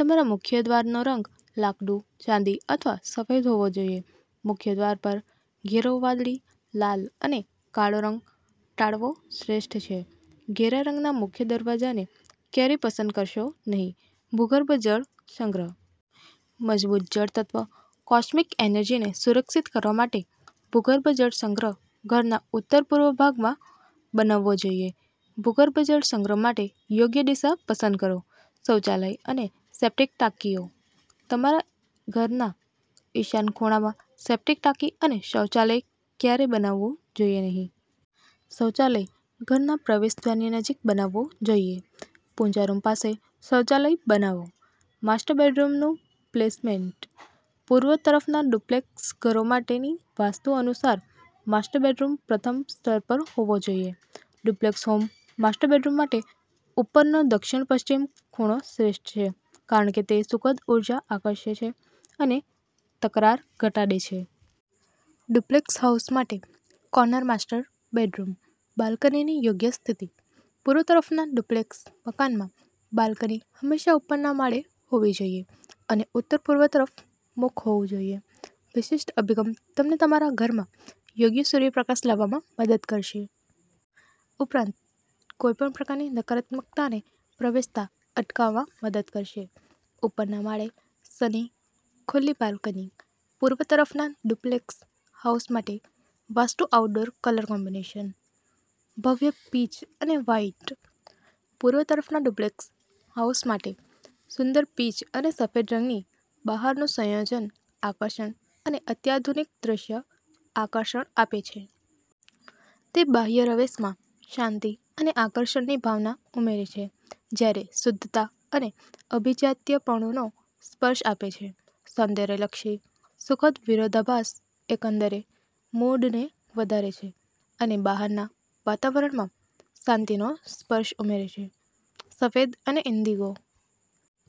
તમારા મુખ્ય દ્વારનો રંગ લાકડું, ચાંદી અથવા સફેદ હોવો જોઈએ. મુખ્ય દ્વાર પર ઘેરો વાદળી, લાલ અને કાળો રંગ ટાળવો શ્રેષ્ઠ છે. ઘેરા રંગના મુખ્ય દરવાજાને ક્યારેય પસંદ કરશો નહીં. ભૂગર્ભ જળ સંગ્રહ. મજબૂત જળ તત્વ કોસ્મિક એનર્જીને સુનિશ્ચિત કરવા માટે, ભૂગર્ભ જળ સંગ્રહ ઘરના ઉત્તર પૂર્વ ભાગમાં બનાવવો જોઈએ. ભૂગર્ભ જળ સંગ્રહ માટે યોગ્ય દિશા પસંદ કરો. શૌચાલય અને સેપ્ટિક ટાંકીઓ. તમારા ઘરના ઈશાન ખૂણામાં સેપ્ટિક ટાંકી અને શૌચાલય ક્યારેય બનાવવું જોઈએ નહીં. શૌચાલય ઘરના પ્રવેશદ્વારની નજીક બનાવવું જોઈએ. પૂજા રૂમ પાસે શૌચાલય બનાવો. માસ્ટર બેડરૂમનું પ્લેસમેન્ટ. પૂર્વ તરફના ડુપ્લેક્સ ઘરો માટેની વાસ્તુ અનુસાર, માસ્ટર બેડરૂમ પ્રથમ સ્તર પર હોવો જોઈએ. ડુપ્લેક્સ હોમ માસ્ટર બેડરૂમ માટે ઉપરનો દક્ષિણપશ્ચિમ ખૂણો શ્રેષ્ઠ છે કારણ કે તે સુખદ ઊર્જા આકર્ષે છે અને તકરાર ઘટાડે છે. ડુપ્લેક્સ હાઉસ માટે કોર્નર માસ્ટર બેડરૂમ. બાલ્કનીની યોગ્ય સ્થિતિ. પૂર્વ તરફના ડુપ્લેક્સ મકાનમાં, બાલ્કની હંમેશા ઉપરના માળે હોવી જોઈએ અને ઉત્તરપૂર્વ તરફ મુખ હોવું જોઈએ. વિશિષ્ટ અભિગમ તમને તમારા ઘરમાં યોગ્ય સૂર્યપ્રકાશ લાવવામાં મદદ કરશે. ઉપરાંત, કોઈપણ પ્રકારની નકારાત્મકતાને પ્રવેશતા અટકાવવામાં મદદ કરશે. ઉપરના માળે સની ખુલ્લી બાલ્કની. પૂર્વ તરફના ડુપ્લેક્સ હાઉસ માટે વાસ્તુ આઉટડોર કલર કોમ્બિનેશન. ભવ્ય પીચ અને વ્હાઇટ. પૂર્વ તરફના ડુપ્લેક્સ હાઉસ માટે, સુંદર પીચ અને સફેદ રંગની બહારનું સંયોજન આકર્ષક અને અત્યાધુનિક દ્રશ્ય આકર્ષણ આપે છે. તે બાહ્ય રવેશમાં શાંતિ અને આકર્ષણની ભાવના ઉમેરે છે જ્યારે શુદ્ધતા અને અભિજાત્યપણુનો સ્પર્શ આપે છે. સૌંદર્યલક્ષી સુખદ વિરોધાભાસ એકંદર મૂડને વધારે છે અને બહારના વાતાવરણમાં શાંતિનો સ્પર્શ ઉમેરે છે. સફેદ અને ઈન્ડિગો.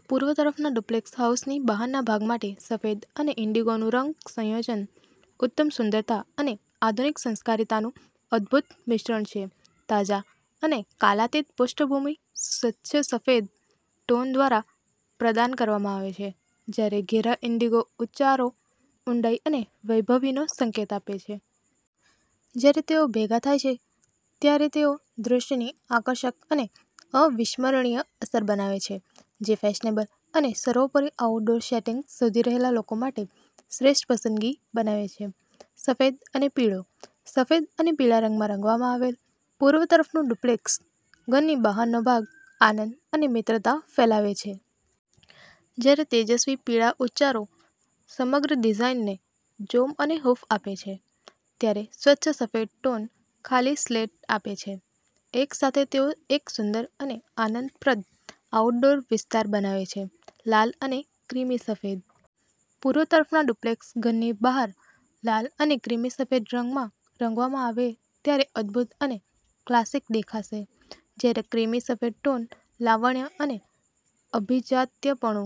પૂર્વ તરફના ડુપ્લેક્સ હાઉસની બહારના ભાગ માટે સફેદ અને ઈન્ડિગોનું રંગ સંયોજન ઉત્તમ સુંદરતા અને આધુનિક સંસ્કારિતાનું અદ્ભુત મિશ્રણ છે. તાજા અને કાલાતીત પૃષ્ઠભૂમિ સ્વચ્છ સફેદ ટોન દ્વારા પ્રદાન કરવામાં આવે છે, જ્યારે ઘેરા ઈન્ડિગો ઉચ્ચારો ઊંડાઈ અને વૈભવીનો સંકેત આપે છે. જ્યારે તેઓ ભેગા થાય છે ત્યારે તેઓ દૃષ્ટિની આકર્ષક અને અવિસ્મરણીય અસર બનાવે છે, જે ફેશનેબલ અને સર્વોપરી આઉટડોર સેટિંગ શોધી રહેલા લોકો માટે શ્રેષ્ઠ પસંદગી બનાવે છે. સફેદ અને પીળો. સફેદ અને પીળા રંગમાં રંગવામાં આવેલ પૂર્વ તરફનું ડુપ્લેક્સ ઘરની બહારનો ભાગ આનંદ અને મિત્રતા ફેલાવે છે. જ્યારે તેજસ્વી પીળા ઉચ્ચારો સમગ્ર ડિઝાઇનને જોમ અને હૂંફ આપે છે, ત્યારે સ્વચ્છ સફેદ ટોન ખાલી સ્લેટ આપે છે. એકસાથે, તેઓ એક સુંદર અને આનંદપ્રદ આઉટડોર વિસ્તાર બનાવે છે. લાલ અને ક્રીમી સફેદ. પૂર્વ તરફના ડુપ્લેક્સ ઘરની બહાર લાલ અને ક્રીમી સફેદ રંગમાં રંગવામાં આવે ત્યારે અદભૂત અને ક્લાસિક દેખાશે. જ્યારે ક્રીમી સફેદ ટોન લાવણ્ય અને અભિજાત્યપણુ